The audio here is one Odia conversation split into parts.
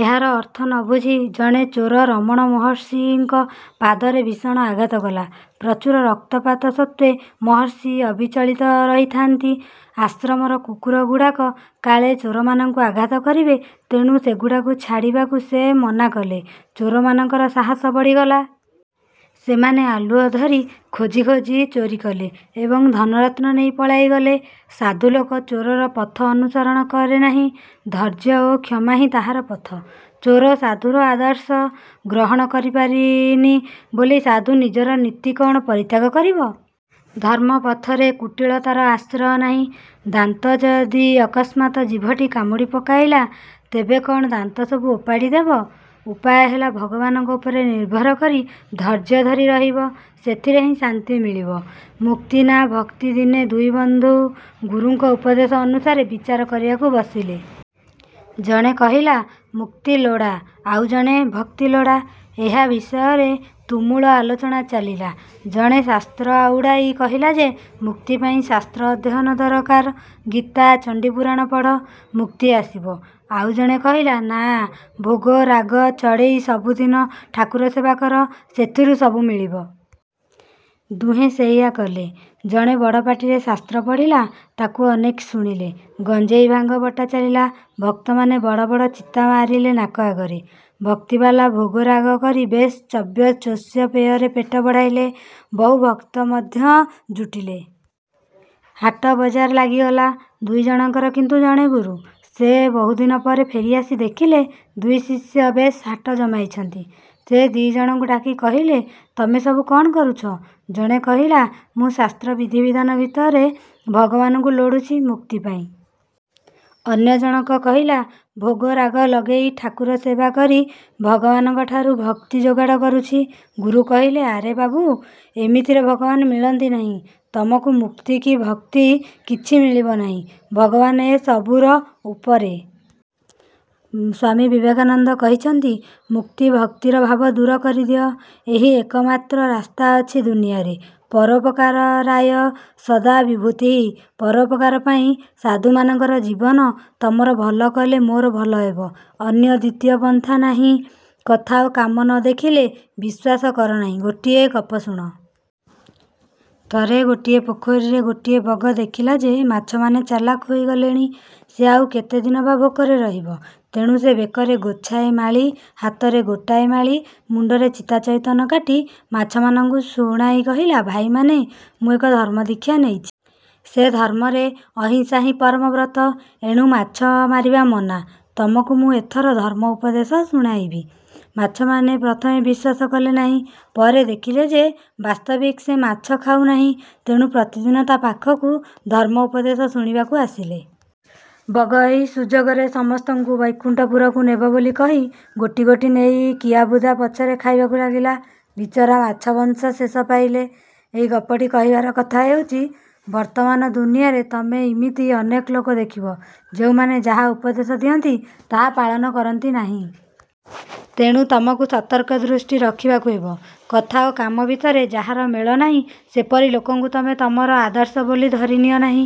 ଏହାର ଅର୍ଥ ନ ବୁଝି ଜଣେ ଚୋର ରମଣ ମହର୍ଷିଙ୍କ ପାଦରେ ଭୀଷଣ ଆଘାତ କଲା। ପ୍ରଚୁର ରକ୍ତପାତ ସତ୍ତ୍ୱେ ମହର୍ଷି ଅବିଚଳିତ ରହିଥାନ୍ତି। ଆଶ୍ରମର କୁକୁରଗୁଡ଼ାକ କାଳେ ଚୋରମାନଙ୍କୁ ଆଘାତ କରିବେ ତେଣୁ ସେଗୁଡ଼ିକୁ ଛାଡ଼ିବାକୁ ସେ ମନା କଲେ। ଚୋରମାନଙ୍କର ସାହସ ବଢ଼ିଗଲା। ସେମାନେ ଆଲୁଅ ଧରି ଖୋଜି ଖୋଜି ଚୋରି କଲେ ଏବଂ ଧନରତ୍ନ ନେଇ ପଳାଇଗଲେ। ସାଧୁଲୋକ ଚୋରର ପଥ ଅନୁସରଣ କରେ ନାହିଁ। ଧୈର୍ଯ୍ୟ ଓ କ୍ଷମାହିଁ ତାହାର ପଥ। ଚୋର ସାଧୁର ଆଦର୍ଶ ଗ୍ରହଣ କରିପାରିନି ବୋଲି ସାଧୁ ନିଜର ନୀତି କ'ଣ ପରିତ୍ୟାଗ କରିବ? ଧର୍ମପଥରେ କୁଟିଳତାର ଆଶ୍ରୟ ନାହିଁ। ଦାନ୍ତ ଯଦି ଅକସ୍ମାତ୍ ଜିଭଟି କାମୁଡ଼ି ପକାଇଲା, ତେବେ କଣ ଦାନ୍ତସବୁ ଓପାଡ଼ି ଦେବ? ଉପାୟ ହେଲା ଭଗବାନଙ୍କ ଉପରେ ନିର୍ଭର କରି ଧୈର୍ଯ୍ୟ ଧରି ରହିବା। ସେଥିରେ ହିଁ ଶାନ୍ତି ମିଳିବ। '' ମୁକ୍ତି ନା ଭକ୍ତି ଦିନେ ଦୁଇବନ୍ଧୁ ଗୁରୁଙ୍କ ଉପଦେଶ ଅନୁସାରେ ବିଚାର କରିବାକୁ ବସିଲେ। ଜଣେ କହିଲା-ମୁକ୍ତି ଲୋଡ଼ା, ଆଉ ଜଣେ କହିଲା-ଭକ୍ତି ଲୋଡ଼ା। ଏହା ବିଷୟରେ ତୁମୁଳ ଆଲୋଚନା ଚାଲିଲା। ଜଣେ ଶାସ୍ତ୍ର ଆଉଡ଼ାଇ କହିଲା ଯେ ମୁକ୍ତି ପାଇଁ ଶାସ୍ତ୍ର ଅଧ୍ୟୟନ ଦରକାର। ଗୀତା, ଚଣ୍ଡୀ, ପୁରାଣ ପଢ଼। ମୁକ୍ତି ଆସିବ। ଆଉ ଜଣେ କହିଲା, ନା ଭୋଗରାଗ ଚଢ଼େଇ ସବୁଦିନ ଠାକୁର ସେବା କର, ସେଥିରେ ସବୁ ମିଳିବ। ଦୁହେଁ ସେଇଆ କଲେ। ଜଣେ ବଡ଼ ପାଟିକରି ଶାସ୍ତ୍ର ପଢ଼ିଲା। ତାକୁ ଅନେକେ ଶୁଣିଲେ। ଗଞ୍ଜେଇ-ଭାଙ୍ଗ ବଟା ଚାଲିଲା। ଭକ୍ତମାନେ ବଡ଼ ବଡ଼ ଚିତା ମାରିଲେ ନାକ ଆଗରେ। ଭକ୍ତିବାଲା ଭୋଗରାଗ କରି ବେଶ୍ ଚର୍ବ୍ୟ ଚୋଷ୍ୟ ପେୟରେ ପେଟ ବଢ଼ାଇଲେ। ବହୁ ଭକ୍ତ ମଧ୍ୟ ଜୁଟିଲେ। ହାଟ ବଜାର ଲାଗିଗଲା। ଦୁଇଜଣଙ୍କର କିନ୍ତୁ ଜଣେ ଗୁରୁ। ସେ ବହୁଦିନ ପରେ ଫେରିଆସି ଦେଖିଲେ, ଦୁଇଶିଷ୍ୟ ବେଶ୍ ହାଟ ଜମାଇଛନ୍ତି। ସେ ଦିଜଣଙ୍କୁ ଡାକି କହିଲେ, ତମେ ସବୁ କ'ଣ କରୁଛ? ଜଣେ କହିଲା, ''ମୁଁ ଶାସ୍ତ୍ର ବିଧିବିଧାନ ଭିତରେ ଭଗବାନଙ୍କୁ ଲୋଡ଼ୁଛି ମୁକ୍ତି ପାଇଁ। '' ଅନ୍ୟ ଜଣକ କହିଲା, ''ଭୋଗରାଗ ଲଗେଇ ଠାକୁର ସେବା କରି ଭଗବାନଙ୍କଠାରୁ ଭକ୍ତି ଯୋଗାଡ଼ କରୁଛି। '' ଗୁରୁ କହିଲେ, ''ଆରେ ବାବୁ, ଏମିତିରେ ଭଗବାନ ମିଳନ୍ତି ନାହିଁ। ତମକୁ ମୁକ୍ତି କି ଭକ୍ତି କିଛି ମିଳିବ ନାହିଁ। ଭଗବାନ ଏ ସବୁର ଉପରେ। '' ସ୍ୱାମୀ ବିବେକାନନ୍ଦ କହିଛନ୍ତି-ମୁକ୍ତି ଭକ୍ତିର ଭାବ ଦୂର କରିଦିଅ। ଏହି ଏକମାତ୍ର ରାସ୍ତା ଅଛି ଦୁନିଆରେ-ପରୋପକାରାୟ ସତାଂ ବିଭୂତିଃ। ପରୋପକାର ପାଇଁ ସାଧୁମାନଙ୍କର ଜୀବନ। ତମର ଭଲ କଲେ ମୋର ଭଲ ହେବ। ଅନ୍ୟ ଦ୍ୱିତୀୟ ପନ୍ଥା ନାହିଁ। କଥା ଓ କାମ ନ ଦେଖିଲେ ବିଶ୍ୱାସ କର ନାହିଁ ଗୋଟିଏ ଗପ ଶୁଣ। ଥରେ ଗୋଟିଏ ପୋଖରୀରେ ଗୋଟିଏ ବଗ ଦେଖିଲା ଯେ ମାଛମାନେ ଚାଲାକ ହୋଇଗଲେଣି। ସେ ଆଉ କେତେ ଦିନ ବା ଭୋକରେ ରହିବ? ତେଣୁ ସେ ବେକରେ ଗୋଛାଏ ମାଳି, ହାତରେ ଗୋଟାଏ ମାଳି, ମୁଣ୍ଡରେ ଚିତା ଚଇତନ କାଟି ମାଛମାନଙ୍କୁ ଶୁଣାଇ କହିଲା-''ଭାଇମାନେ ମୁଁ ଏକ ଧର୍ମ ଦୀକ୍ଷା ନେଇଛି। ସେ ଧର୍ମରେ ଅହିଂସା ହିଁ ପରମ ବ୍ରତ-। ଏଣୁ ମାଛ ମାରିବା ମନା। ତମକୁ ମୁଁ ଏଥର ଧର୍ମ ଉପଦେଶ ଶୁଣାଇବି। '' ମାଛମାନେ ପ୍ରଥମେ ବିଶ୍ୱାସ କଲେ ନାହିଁ। ପରେ ଦେଖିଲେ ଯେ ବାସ୍ତବିକ ସେ ମାଛ ଖାଉନାହିଁ। ତେଣୁ ପ୍ରତିଦିନ ତା' ପାଖକୁ ଧର୍ମ ଉପଦେଶ ଶୁଣିବାକୁ ଆସିଲେ। ବଗ। ଏହି ସୁଯୋଗରେ ସମସ୍ତଙ୍କୁ ବୈକୁଣ୍ଠପୁରକୁ ନେବ ବୋଲି କହି ଗୋଟି ଗୋଟି ନେଇ କିଆବୁଦା ପଛରେ ଖାଇବାକୁ ଲାଗିଲା। ବିଚରା ମାଛବଂଶ ଶେଷ ପାଇଲେ। ଏ ଗପଟି କହିବାର କଥା ହେଉଛି-ବର୍ତ୍ତମାନ ଦୁନିଆଁରେ ତମେ ଇମିତି ଅନେକ ଲୋକ ଦେଖିବ, ଯେଉଁମାନେ ଯାହା ଉପଦେଶ ଦିଅନ୍ତି ତାହା ପାଳନ କରନ୍ତି ନାହିଁ। ତେଣୁ ତମକୁ ସତର୍କ ଦୃଷ୍ଟି ରଖିବାକୁ ହେବ। କଥା ଓ କାମ ଭିତରେ ଯାହାର ମେଳ ନାହିଁ, ସେପରି ଲୋକଙ୍କୁ ତମେ ତମର ଆଦର୍ଶ ବୋଲି ଧରି ନିଅ ନାହିଁ।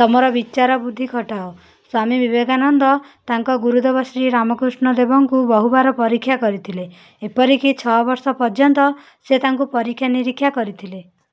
ତମର ବିଚାର ବୁଦ୍ଧି ଖଟାଅ। ସ୍ୱାମୀ ବିବେକାନନ୍ଦ ତାଙ୍କ ଗୁରୁଦେବ ଶ୍ରୀରାମକୃଷ୍ଣ ଦେବଙ୍କୁ ବହୁବାର ପରୀକ୍ଷା କରିଥିଲେ; ଏପରିକି ଛଅବର୍ଷ ପର୍ଯ୍ୟନ୍ତ ସେ ତାଙ୍କୁ ପରୀକ୍ଷା ନିରୀକ୍ଷା କରିଥିଲେ।